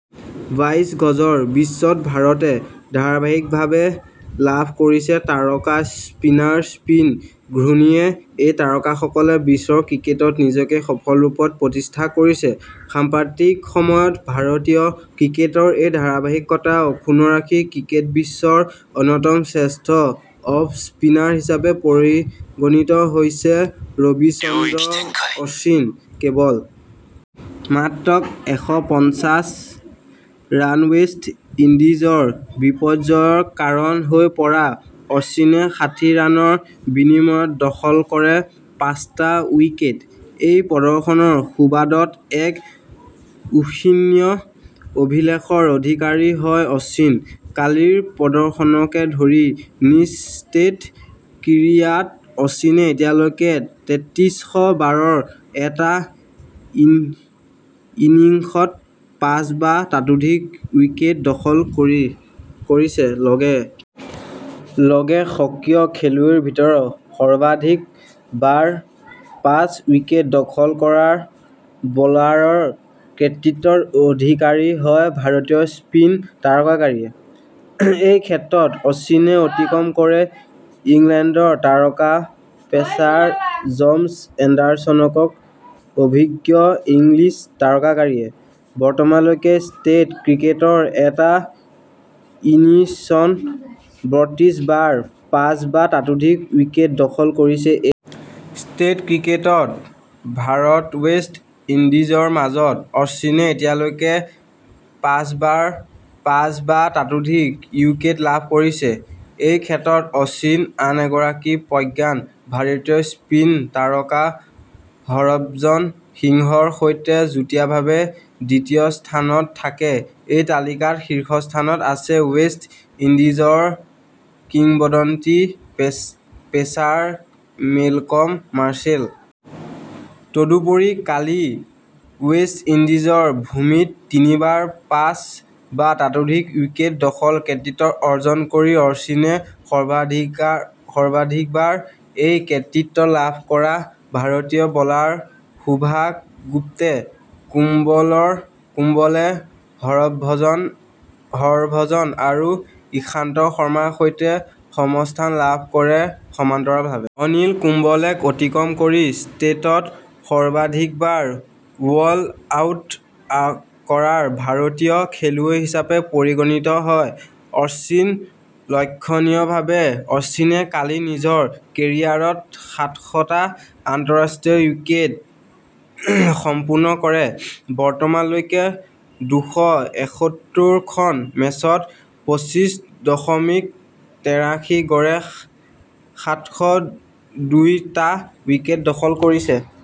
বাইছ গজৰ বিশ্বত ভাৰতে ধাৰাবাহিকভাৱে লাভ কৰিছে তাৰকা স্পিনাৰ স্পীন ঘূৰ্ণীৰে এই তাৰকাসকলে বিশ্ব ক্ৰিকেটত নিজকে সফল ৰূপত প্ৰতিষ্ঠা কৰিছে। সাম্প্ৰতিক সময়ত ভাৰতীয় ক্ৰিকেটৰ এই ধাৰাবাহিকতা অক্ষুণ্ণ ৰাখি ক্ৰিকেট বিশ্বৰ অন্যতম শ্ৰেষ্ঠ অফ স্পিনাৰ হিচাপে পৰিগণিত হৈছে ৰবিচন্দ্ৰন অশ্বিন। কেৱল মাত্ৰ এশ পঞ্চাছ ৰানতেৱেষ্ট ইণ্ডিজৰ বিপৰ্যয়ৰ কাৰণ হৈ পৰা অশ্বিনে ষাঠি ৰানৰ বিনিময়ত দখল কৰে পাঁচটা উইকেট। এই প্ৰদৰ্শনৰ সুবাদত এক ঈৰ্ষণীয় অভিলেখৰ অধিকাৰী হয় অশ্বিন কালিৰ প্ৰদৰ্শনকে ধৰি নিজ টেষ্ট কেৰিয়াৰত অশ্বিনে এতিয়ালৈকে তেতত্ৰিছ বাৰ এটা ইনিংছত পাঁচ বা তাতোধিক উইকেট দখল কৰিছে। লগে লগে সক্ৰিয় খেলুৱৈৰ ভিতৰত সৰ্বাধিক বাৰ পাঁচ উইকেট দখল কৰা বলাৰৰ কৃতিত্বৰ অধিকাৰী হয় ভাৰতীয় স্পীন তাৰকাগৰাকী। এই ক্ষেত্ৰত অশ্বিনে অতিক্ৰম কৰে ইংলেণ্ডৰ তাৰকা পেচাৰ জেমচ এণ্ডাৰছনক অভিজ্ঞ ইংলিছ তাৰকাগৰাকীয়ে। বৰ্তমানলৈকে টেষ্ট ক্ৰিকেটৰ এটা ইনিংছত বত্ৰিশ বাৰ পাঁচ বা তাতোধিক উইকেট দখল কৰিছে। এই টেষ্ট ক্ৰিকেটত ভাৰতৱেষ্ট ইণ্ডিজৰ মাজত অশ্বিনে এতিয়ালৈকে পাঁচবাৰ পাঁচ বা তাতোধিক উইকেট লাভ কৰিছে। এই ক্ষেত্ৰত অশ্বিন আন এগৰাকী প্ৰাক্তন ভাৰতীয় স্পীন তাৰকা হৰভজন সিঙৰ সৈতে যুটীয়াভাৱে দ্বিতীয় স্থানত থাকে। এই তালিকাৰ শীৰ্ষস্থানত আছে ৱেষ্ট ইণ্ডিজৰ কিংবদন্তী পেচাৰ মেলকম মাৰ্শ্বেল । তদুপৰি কালি ৱেষ্ট ইণ্ডিজৰ ভূমিত তিনিবাৰ পাঁচ বা তাতোধিক উইকেট দখলৰ কৃতিত্ব অৰ্জন কৰি অশ্বিনে সৰ্বাধিকবাৰ এই কৃতিত্ব লাভ কৰা ভাৰতীয় বলাৰ সুভাষ গুপ্তে কুম্বলে হৰভজন আৰু ঈশান্ত শৰ্মাৰ সৈতে সমস্থান লাভ কৰে। সমান্তৰালভাৱে অনিল কুম্বলেক অতিক্ৰম কৰি টেষ্টত সৰ্বাধিকবাৰ বল্ড আউট কৰা ভাৰতীয় খেলুৱৈ হিচাপে পৰিগণিত হয় ।অশ্বিন লক্ষণীয়ভাৱে অশ্বিনে কালি নিজৰ কেৰিয়াৰত সাতশটা আন্তঃৰাষ্ট্ৰীয় উইকেট সম্পূৰ্ণ কৰে। বৰ্তমানলৈকে দুশ এসত্তৰ খন মেচত পঁচিছ দশমিক তেৰাশী গড়ে সাতশ দুই টা উইকেট দখল কৰিছে।